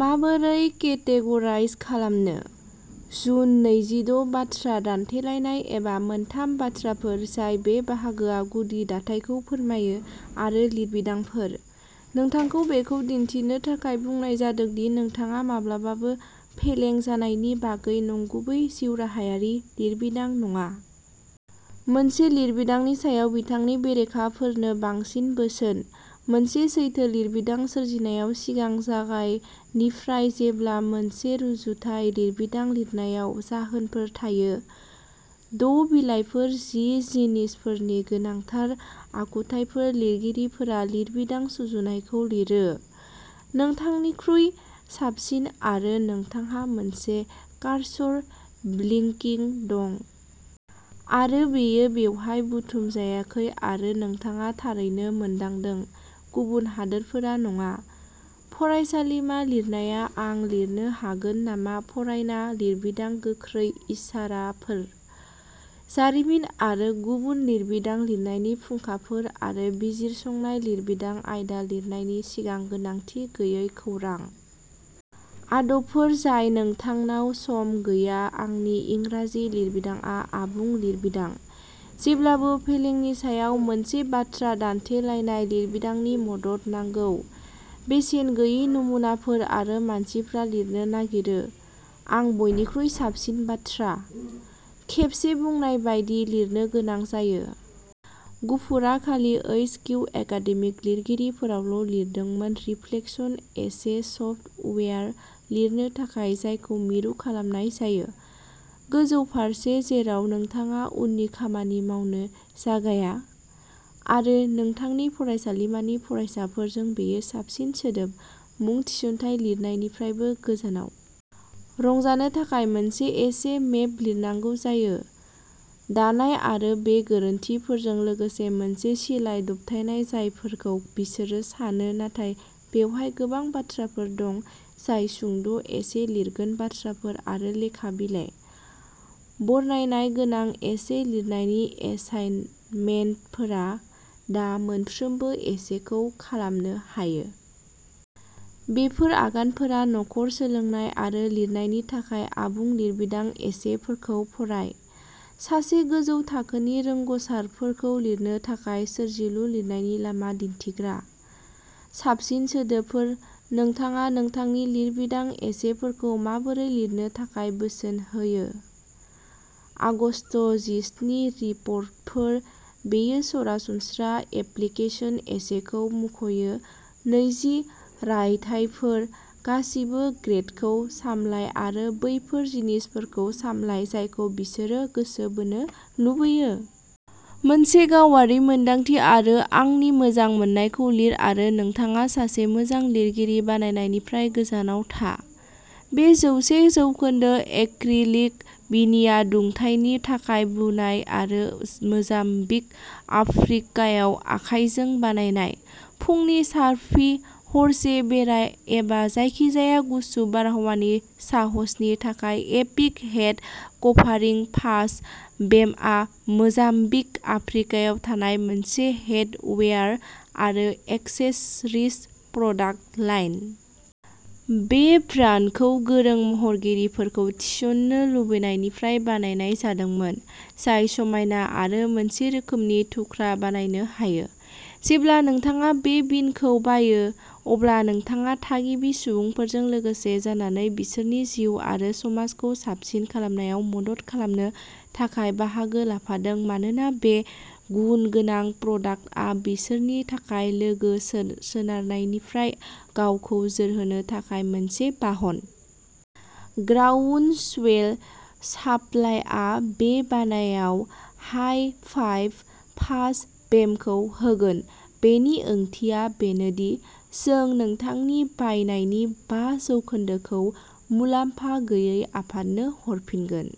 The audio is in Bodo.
माबोरै केटेगराइज खालामनो। जुन नैजिद' बाथ्रा दान्थेलायनाय एबा मोनथाम बाथ्राफोर जाय बे बाहागोआ गुदि दाथायखौ फोरमायो, आरो लिरबिदांफोर। नोंथांखौ बेखौ दिन्थिनो थाखाय बुंनाय जादों दि नोंथाङा माब्लाबाबो फेलें जानायनि बागै नंगुबै जिउराहायारि लिरबिदां नङा। मोनसे लिरबिदांनि सायाव बिथांनि बेरेखाफोरनो बांसिन बोसोन। मोनसे सैथो लिरबिदां सोरजिनायाव सिगां जागाय, निफ्राय जेब्ला मोनसे रुजुथाय लिरबिदां लिरनायाव जाहोनफोर थायो। द' बिलाइफोर जि जिनिसफोरनि गोनांथार आखुथायफोर लिरगिरिफोरा लिरबिदां सुजुनायखौ लिरो। नोंथांनिख्रुइ साबसिन आरो नोंथांहा मोनसे कार्सर ब्लिंकिं दं। आरो बेयो बेवहाय बुथुमजायाखै आरो नोंथाङा थारैनो मोनदांदों, गुबुन हादोरफोरा नङा। फरायसालिमा लिरनाया आं लिरनो हागोन नामा फरायना लिरबिदां गोख्रै इसाराफोर। जारिमिन आरो गुबुन लिरबिदां लिरनायनि फुंखाफोर आरो बिजिरसंनाय लिरबिदां आयदा लिरनायनि सिगां गोनांथि गैयै खौरां। आदबफोर जाय नोंथांनाव सम गैया आंनि इंराजि लिरबिदांआ आबुं लिरबिदां। जेब्लाबो फेलेंनि सायाव मोनसे बाथ्रा दान्थेलायनाय लिरबिदांनि मदद नांगौ। बेसेन गैयै नमुनाफोर आरो मानसिफ्रा लिरनो नागिरो। आंनि बयनिख्रुइ साबसिन बाथ्रा। खेबसे बुंनाय बायदि लिरनो गोनां जायो। गुफुरआ खालि ओइस किउ एकाडेमिक लिरगिरिफोरावल' लिरदोंमोन रिफ्लेक्शन एसे सफ्टवेयार लिरनो थाखाय जायखौ मिरु खालामनाय जायो। गोजौ फारसे, जेराव नोंथाङा उननि खामानि मावनो जागाया? आरो नोंथांनि फरायसालिमानि फरायसाफोरजों बेयो साबसिन सोदोब, मुं थिसनथाय लिरनायनिफ्रायबो गोजानाव। रंजानो थाखाय मोनसे एसे मेप लिरनांगौ जायो। दानाय आरो बे गोरोन्थिफोरजों लोगोसे मोनसे सिलाइ दबथायनाय जायफोरखौ बिसोरो सानो नाथाय बेवहाय गोबां बाथ्राफोर दं जाय सुंद' एसे लिरगोन बाथ्राफोर आरो लेखा बिलाइ। बरनायनाय गोनां एसे लिरनायनि एसाइनमेन्टफोरा दा मोनफ्रोमबो एसेखौ खालामनो हायो। बेफोर आगानफोरा न'खर सोलोंनाय आरो लिरनायनि थाखाय आबुं लिरबिदां एसेफोरखौ फराय। सासे गोजौ थाखोनि रोंग'सारफोरखौ लिरनो थाखाय सोरजिलु लिरनायनि लामा दिन्थिग्रा। साबसिन सोदोबफोर, नोंथाङा नोंथांनि लिरबिदां एसेफोरखौ माबोरै लिरनो थाखाय बोसोन होयो। आगस्त जिस्नि रिपर्टफोर, बेयो सरासनस्रा एप्लिकेसन एसेखौ मुंख'यो नैजि रायथाइफोर, गासिबो ग्रेडखौ सामलाय आरो बैफोर जिनिसफोरखौ सामलाय जायखौ बिसोरो गोसो बोनो लुबैयो? मोनसे गावारि मोन्दांथि आरो आंनि मोजां मोननायखौ लिर आरो नोंथाङा सासे मोजां लिरगिरि बानायनायनिफ्राय गोजानाव था। बे जौसे जौखोन्दो एक्रिलिक बिनिया दुंथायनि थाखाय बुनाय आरो मोजाम्बिक, आफ्रिकायाव आखाइजों बानायनाय। फुंनि सार्फिं, हरसे बेराय एबा जायखिजाया गुसु बारहावानि साहसनि थाखाय एपिक हेड कभारिं फाज बेमआ मोजाम्बिक आफ्रिकायाव थानाय मोनसे हेडवेयार आरो एक्सेसरिज प्रडाक्ट लाइन। बे ब्रान्डखौ गोरों महरगिरिफोरखौ थिसन्नो लुबैनायनिफ्राय बानायनाय जादोंमोन, जाय समायना आरो मोनसे रोखोमनि थुख्रा बानायनो हायो। जेब्ला नोंथाङा बे बिनखौ बायो, अब्ला नोंथाङा थागिबि सुबुंफोरजों लोगो जानानै बिसोरनि जिउ आरो समाजखौ साबसिन खालामनायाव मदद खालामनो थाखाय बाहागो लाफादों मानोना बे गुन गोनां प्रडाक्टआ बिसोरनि थाखाय लोगो सोनारनायनिफ्राय गावखौ जोरहोनो थाखाय मोनसे बाहन। ग्राउन्डस्वेल साप्लायआ बे बायनायाव हाइ फाइभ फाज बेमखौ होगोन, बेनि ओंथिया बेनो दि जों नोंथांनि बायनायनि बा जौखोन्दोखौ मुलाम्फा गैयै आफादनो हरफिनगोन।